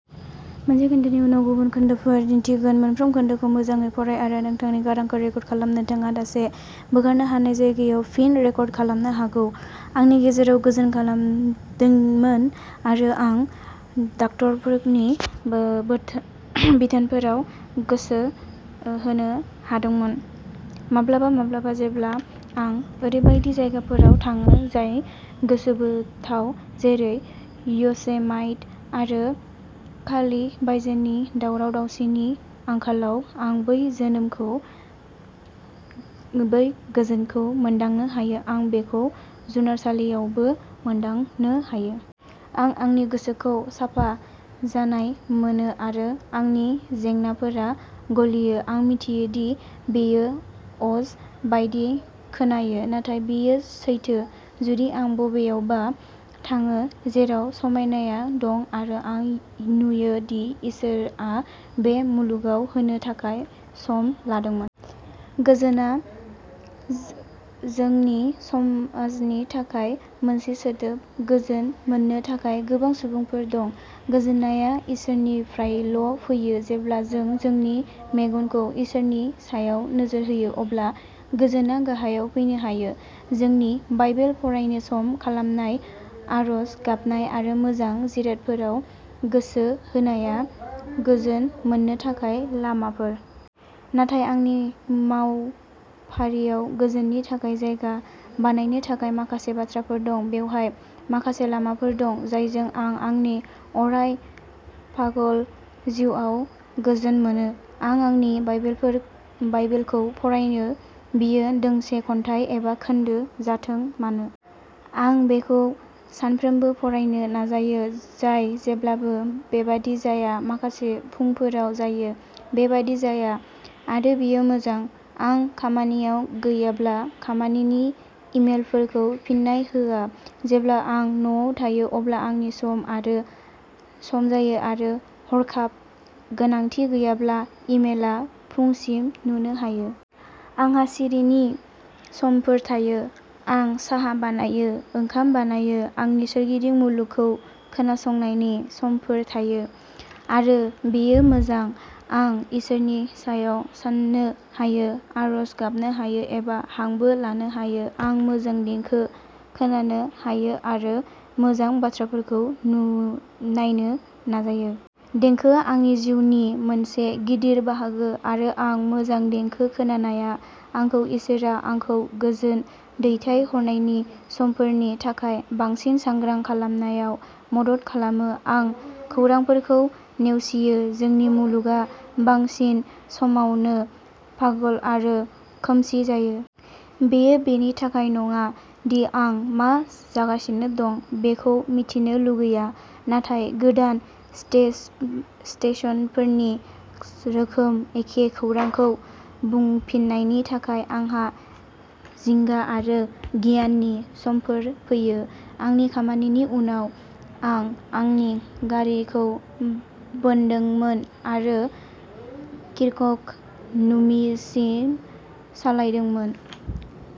आंनि गेजेराव गोजोन खारदोंमोन आरो आं डाक्ट'रफोरनि बिथोनफोराव गोसो होनो हादोंमोन। माब्लाबा माब्लाबा जेब्ला आं ओरैबायदि जायगाफोराव थाङो जाय गोसोबोथाव। जेरै य'सेमाइट आरो खालि बायजोनि दावराव-दावसिनि आंखालाव आं बै गोजोनखौ मोनदांनो हायो। आं बेखौ जुनारसालियावबो मोनदांनो हायो। आं आंनि गोसोखौ साफा जानाय मोनो आरो आंनि जेंनाफोरा गलियो। आं मिथियो दि बेयो अज बायदि खोनायो, नाथाय बेयो सैथो। जुदि आं बबेयावबा थाङो, जेराव समायनाया दं आरो आं नुयो दि इसोरआ बे मुलुगाव होनो थाखाय सम लादोंमोन। गोजोनआ जोंनि समाजनि थाखाय मोनसे सोदोब, गोजोन मोननो थाखाय गोबां सुबुंफोर दं। गोजोननाया इसोरनिफ्रायल'फैयो। जेब्ला जों जोंनि मेगनखौ इसोरनि सायाव नोजोर होयो, अब्ला गोजोनआ गाहायाव फैनो हायो। जोंनि बाइबेल फरायनो सम खालामनाय, आरज गाबनाय आरो मोजां जिरादफोराव गोसो होनाया गोजोन मोननो थाखाय लामाफोर। नाथाय आंनि मावफारियाव गोजोननि थाखाय जायगा बानायनो थाखाय माखासे बाथ्राफोर दं। बेवहाय माखासे लामाफोर दं, जायजों आं आंनि अराय पागल जिउआव गोजोन मोनो। आं आंनि बाइबेलखौ फरायो। बियो दोंसे खन्थाइ एबा खोन्दो जाथों मानो। आं बेखौ सानफ्रोमबो फरायनो नाजायो। जाय जेब्लाबो बेबादि जाया। माखासे फुंफोराव जायो। बेबादि जाया आरो बेयो मोजां। आं खामानियाव गैयाब्ला खामानिनि इमेलफोरखौ फिननाय होआ। जेब्ला आं न'आव थायो अब्ला आंनि सम जायो आरो हरखाब गोनांथि गैयाब्ला इमेलआ फुंसिम नेनो हायो। आंहा सिरिनि समफोर थायो। आं साहा बानायो, ओंखाम बानायो। आंनि सोरगिदिं मुलुगखौ खोनासंनायनि समफोर थायो आरो बेयो मोजां। आं इसोरनि सायाव साननो हायो, आरज गाबनो हायो एबा हांबो लानो हायो। आं मोजां देंखो खोनानो हायो आरो मोजां बाथ्राफोरखौ नायनो नाजायो। देंखोआ आंनि जिउनि मोनसे गिदिर बाहागो आरो आं मोजां देंखो खोनानाया आंखौ इसोरआ आंखौ गोजोन दैथाय हरनायनि समफोरनि थाखाय बांसिन सांग्रां खालामनायाव मदद खालामो। आं खौरांफोरखौ नेवसियो। जोंनि मुलुगआ बांसिन समावनो पागल आरो खोमसि जायो। बेयो बेनि थाखाय नङा दि आं मा जागासिनो दं बेखौ मिथिनो लुगैया। नाथाय गोदान स्टेशनफोरनि रोखोम एखे खौरांखौ बुंफिननायनि थाखाय आंहा जिंगा आरो गिनायनि समफोर फैयो। आंनि खामानिनि उनाव, आं आंनि गारिखौ बोनदोंमोन आरो किर्कक'नुमिसिम सालायदोंमोन।